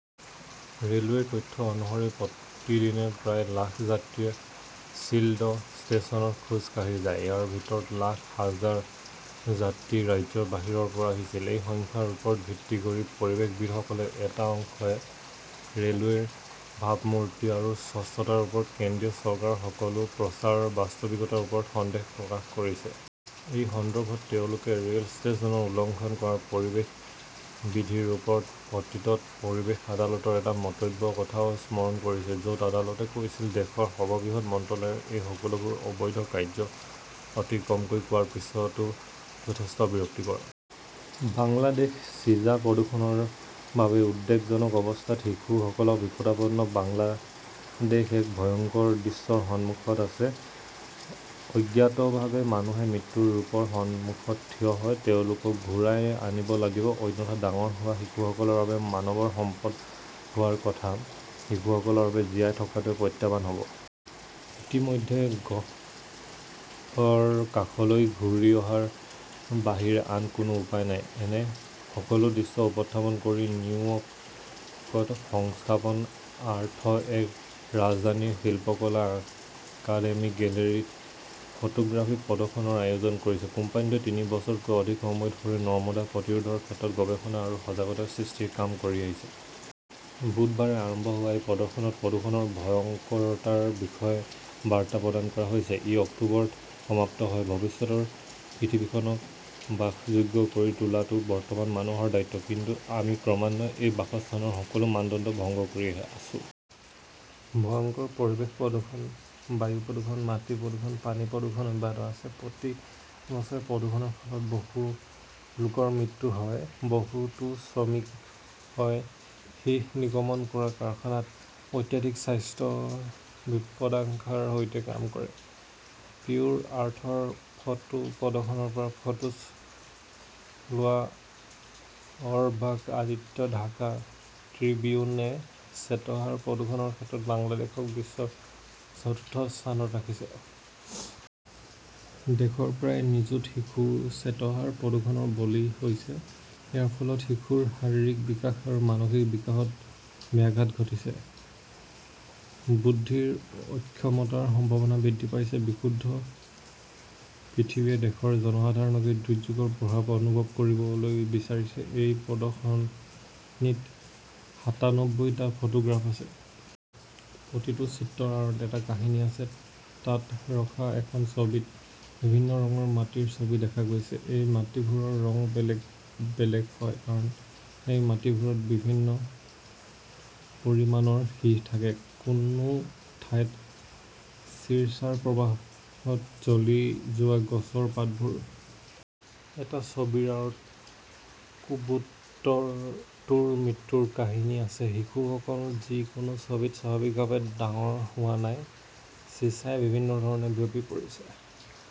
ৰে'লৱেৰ তথ্য অনুসৰি প্ৰতিদিনে প্ৰায় লাখ যাত্ৰীয়ে শ্বিলদহ ষ্টেচনত খোজ কাঢ়ি যায়। ইয়াৰ ভিতৰত লাখ হাজাৰ যাত্ৰী ৰাজ্যৰ বাহিৰৰ পৰা আহিছিল। এই সংখ্যাৰ ওপৰত ভিত্তি কৰি পৰিৱেশবিদসকলৰ এটা অংশই ৰে'লৱেৰ ভাবমূৰ্তি আৰু স্বচ্ছতাৰ ওপৰত কেন্দ্ৰীয় চৰকাৰৰ সকলো প্ৰচাৰৰ বাস্তৱিকতাৰ ওপৰতো সন্দেহ প্ৰকাশ কৰিছে। এই সন্দৰ্ভত তেওঁলোকে ৰে'ল ষ্টেচনত উলংঘন কৰা পৰিৱেশ বিধিৰ ওপৰত অতীতত পৰিৱেশ আদালতৰ এটা মন্তব্যৰ কথাও স্মৰণ কৰিছে। য 'ত আদালতে কৈছিল, দেশৰ সৰ্ববৃহৎ মন্ত্ৰালয় ৰ এই সকলোবোৰ অবৈধ কাৰ্য্য অতি কমকৈ কোৱাৰ পিছতো যথেষ্ট বিৰক্তিকৰ। বাংলাদেশ চিজা প্ৰদূষণৰ বাবে উদ্বেগজনক অৱস্থাত, শিশুসকল বিপদাপন্ন বাংলাদেশ এক ভয়ংকৰ দৃশ্যৰ সন্মুখত আছে। অজ্ঞাতভাৱে মানুহে মৃত্যুৰ ৰূপৰ সন্মুখত থিয় হয়। তেওঁলোকক ঘূৰাই আনিব লাগিব। অন্যথা ডাঙৰ হোৱা শিশুসকলৰ বাবে, মানৱ সম্পদ হোৱাৰ কথা থকা শিশুসকলৰ বাবে জীয়াই থকাটোৱেই প্ৰত্যাহ্বান হ'ব। ইতিমধ্যে গহ্বৰৰ কাষলৈ ঘূৰি অহাৰ বাহিৰে আৰু কোনো উপায় নাই। এনে সকলো দৃশ্য উপস্থাপন কৰি নিউয়ৰ্কস্থিত সংস্থাপৰ আৰ্থ এ ৰাজধানীৰ শিল্পকলা একাডেমীৰ গেলেৰীত ফটোগ্ৰাফী প্ৰদৰ্শনীৰ আয়োজন কৰিছে। কোম্পানীটোৱে তিনি বছৰতকৈও অধিক সময় ধৰি নৰ্দমা প্ৰতিৰোধৰ ক্ষেত্ৰত গৱেষণা আৰু সজাগতা সৃষ্টিৰ কাম কৰি আহিছে। বুধবাৰে আৰম্ভ হোৱা এই প্ৰদৰ্শনীত প্ৰদূষণৰ ভয়ংকৰতাৰ বিষয়ে বাৰ্তা প্ৰদান কৰা হৈছে। ই অক্টোবৰত সমাপ্ত হয়। ভৱিষ্যতৰ পৃথিৱীখনক বাসযোগ্য কৰি তোলাটো বৰ্তমানৰ মানুহৰ দায়িত্ব। কিন্তু আমি ক্ৰমান্বয়ে সেই বাসস্থানৰ সকলো মানদণ্ড ভংগ কৰি আছো। ভয়ংকৰ পৰিৱেশ প্ৰদূষণ, বায়ু প্ৰদূষণ, মাটি প্ৰদূষণ, পানী প্ৰদূষণ অব্যাহত আছে। প্ৰতি বছৰে প্ৰদূষণৰ ফলত বহু লোকৰ মৃত্যু হয়। বহুতো শ্ৰমিকই সীহ নিৰ্গমন কৰা কাৰখানাত অত্যাধিক স্বাস্থ্যৰ বিপদাশংকাৰ সৈতে কাম কৰে। পিউৰ আৰ্থৰ ফটো প্ৰদৰ্শনীৰ পৰা ফটো লোৱা অৰবাক আদিত্য ঢাকা ট্ৰিবিউনে শ্বেতসাৰ প্ৰদূষণৰ ক্ষেত্ৰত বাংলাদেশক বিশ্বৰ চতুৰ্থ স্থানত ৰাখিছে। দেশৰ প্ৰায় নিযুত শিশু শ্বেতসাৰ প্ৰদূষণৰ বলি হৈছে। ইয়াৰ ফলত শিশুৰ শাৰীৰিক বিকাশ আৰু মানসিক বিকাশত ব্যাঘাত ঘটিছে। বুদ্ধিৰ অক্ষমতাৰ সম্ভাৱনা বৃদ্ধি পাইছে। বিশুদ্ধ পৃথিৱীয়ে দেশৰ জনসাধাৰণক এই দুৰ্যোগৰ প্ৰভাৱ অনুভৱ কৰিবলৈ বিচাৰিছে। এই প্ৰদৰ্শনীত সাতানব্বৈ টা ফটোগ্ৰাফ আছে। প্ৰতিটো চিত্ৰৰ আঁৰত এটা কাহিনী আছে। তাত ৰখা এখন ছবিত বিভিন্ন ৰঙৰ মাটিৰ ছবি দেখা গৈছে। এই মাটিবোৰৰ ৰং বেলেগ বেলেগ হয় কাৰণ সেই মাটিবোৰত বিভিন্ন পৰিমাণৰ সীহ থাকে। কোনো ঠাইত চিছাৰ প্ৰভাৱত জ্বলি যোৱা গছৰ পাতবোৰ। এটা ছবিৰ আঁৰত কবুতৰটোৰ মৃত্যুৰ কাহিনী আছে। শিশুসকল যি কোনো ছবিত স্বাভাৱিকভাৱে ডাঙৰ হোৱা নাই। চিছাই বিভিন্ন ধৰণে বিয়পি পৰিছে।